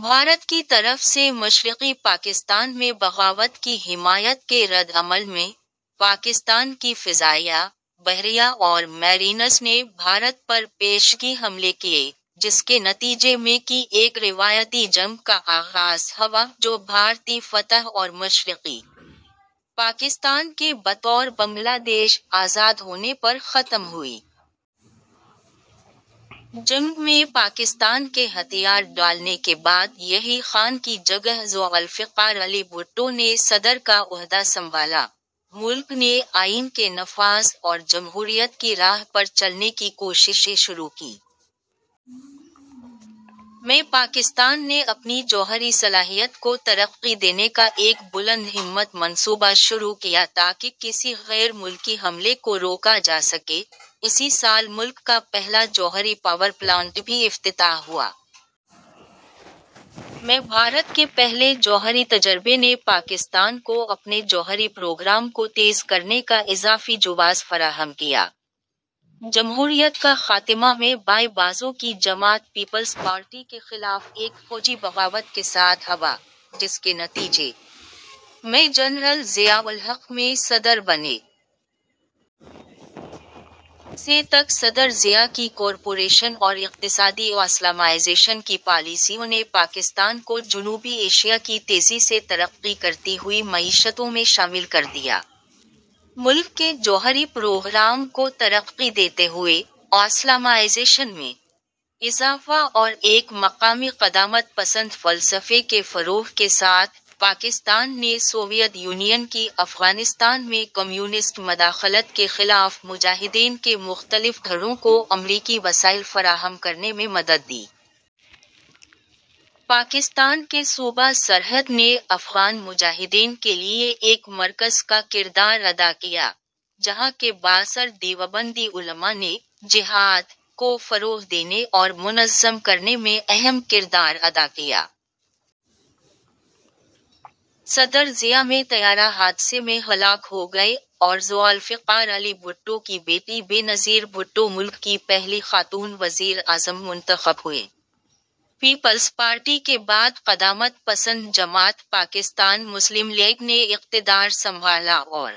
بھارت کی طرف سے مشرقی پاکستان میں بغاوت کی حمایت کے رد عمل میں، پاکستان کی فضائیہ، بحریہ اور میرینز نے بھارت پر پیشگی حملے کیے، جس کے نتیجے میں کی ایک روایتی جنگ کا آغاز ہوا جو بھارتی فتح اور مشرقی پاکستان کے بطور بنگلہ دیش آزاد ہونے پر ختم ہوئی۔ جنگ میں پاکستان کے ہتھیار ڈالنے کے بعد یحییٰ خان کی جگہ ذو الفقار علی بھٹو نے صدر کا عہدہ سنبھالا؛ ملک نے آئین کے نفاذ اور جمہوریت کی راہ پر چلنے کی کوششیں شروع کیں۔ میں پاکستان نے اپنی جوہری صلاحیت کو ترقی دینے کا ایک بلند ہمت منصوبہ شروع کیا تاکہ کسی غیر ملکی حملے کو روکا جا سکے؛ اسی سال ملک کا پہلا جوہری پاور پلانٹ بھی افتتاح ہوا۔ میں بھارت کے پہلے جوہری تجربے نے پاکستان کو اپنے جوہری پروگرام کو تیز کرنے کا اضافی جواز فراہم کیا۔ جمہوریت کا خاتمہ میں بائیں بازو کی جماعت پیپلز پارٹی کے خلاف ایک فوجی بغاوت کے ساتھ ہوا، جس کے نتیجے میں جنرل ضیاء الحق میں صدر بنے۔ سے تک صدر ضیاء کی کارپوریشن اور اقتصادی اسلامائزیشن کی پالیسیوں نے پاکستان کو جنوبی ایشیا کی تیزی سے ترقی کرتی ہوئی معیشتوں میں شامل کر دیا۔ ملک کے جوہری پروگرام کو ترقی دیتے ہوئے، اسلامائزیشن میں اضافہ اور ایک مقامی قدامت پسند فلسفے کے فروغ کے ساتھ، پاکستان نے سوویت یونین کی افغانستان میں کمیونسٹ مداخلت کے خلاف مجاہدین کے مختلف دھڑوں کو امریکی وسائل فراہم کرنے میں مدد دی۔ پاکستان کے صوبہ سرحد نے افغان مجاہدین کے لیے ایک مرکز کا کردار ادا کیا، جہاں کے بااثر دیوبندی علما نے 'جہاد' کو فروغ دینے اور منظم کرنے میں اہم کردار ادا کیا۔ صدر ضیاء میں طیارہ حادثے میں ہلاک ہو گئے اور ذو الفقار علی بھٹو کی بیٹی بے نظیر بھٹو ملک کی پہلی خاتون وزیر اعظم منتخب ہوئیں۔ پیپلز پارٹی کے بعد قدامت پسند جماعت پاکستان مسلم لیگ نے اقتدار سنبھالا اور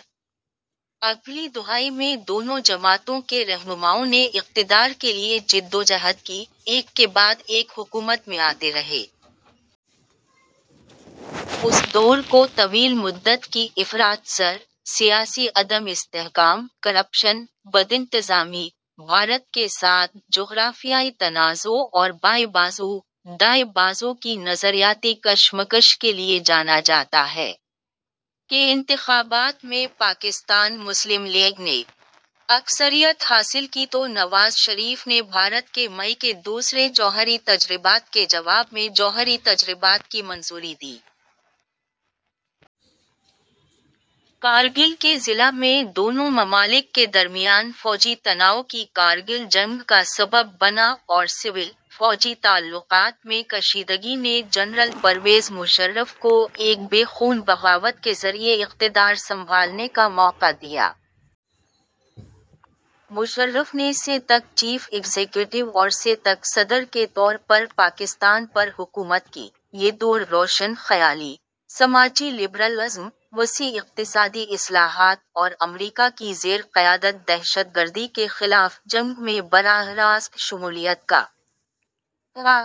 اگلی دہائی میں دونوں جماعتوں کے رہنماؤں نے اقتدار کے لیے جدوجہد کی، ایک کے بعد ایک حکومت میں آتے رہے۔ اس دور کو طویل مدت کی افراط زر، سیاسی عدم استحکام، کرپشن، بدانتظامی، بھارت کے ساتھ جغرافیائی تنازع اور بائیں بازو-دائیں بازو کی نظریاتی کشمکش کے لیے جانا جاتا ہے۔ کے انتخابات میں پاکستان مسلم لیگ نے اکثریت حاصل کی تو نواز شریف نے بھارت کے مئی کے دوسرے جوہری تجربات کے جواب میں جوہری تجربات کی منظوری دی۔ کارگل کے ضلع میں دونوں ممالک کے درمیان فوجی تناؤ کی کارگل جنگ کا سبب بنا اور سول-فوجی تعلقات میں کشیدگی نے جنرل پرویز مشرف کو ایک بے خون بغاوت کے ذریعے اقتدار سنبھالنے کا موقع دیا۔ مشرف نے سے تک چیف ایگزیکٹو اور سے تک صدر کے طور پر پاکستان پر حکومت کی—یہ دور روشن خیالی، سماجی لبرل ازم، وسیع اقتصادی اصلاحات اور امریکا کی زیر قیادت دہشت گردی کے خلاف جنگ میں براہ راست شمولیت کا تھا۔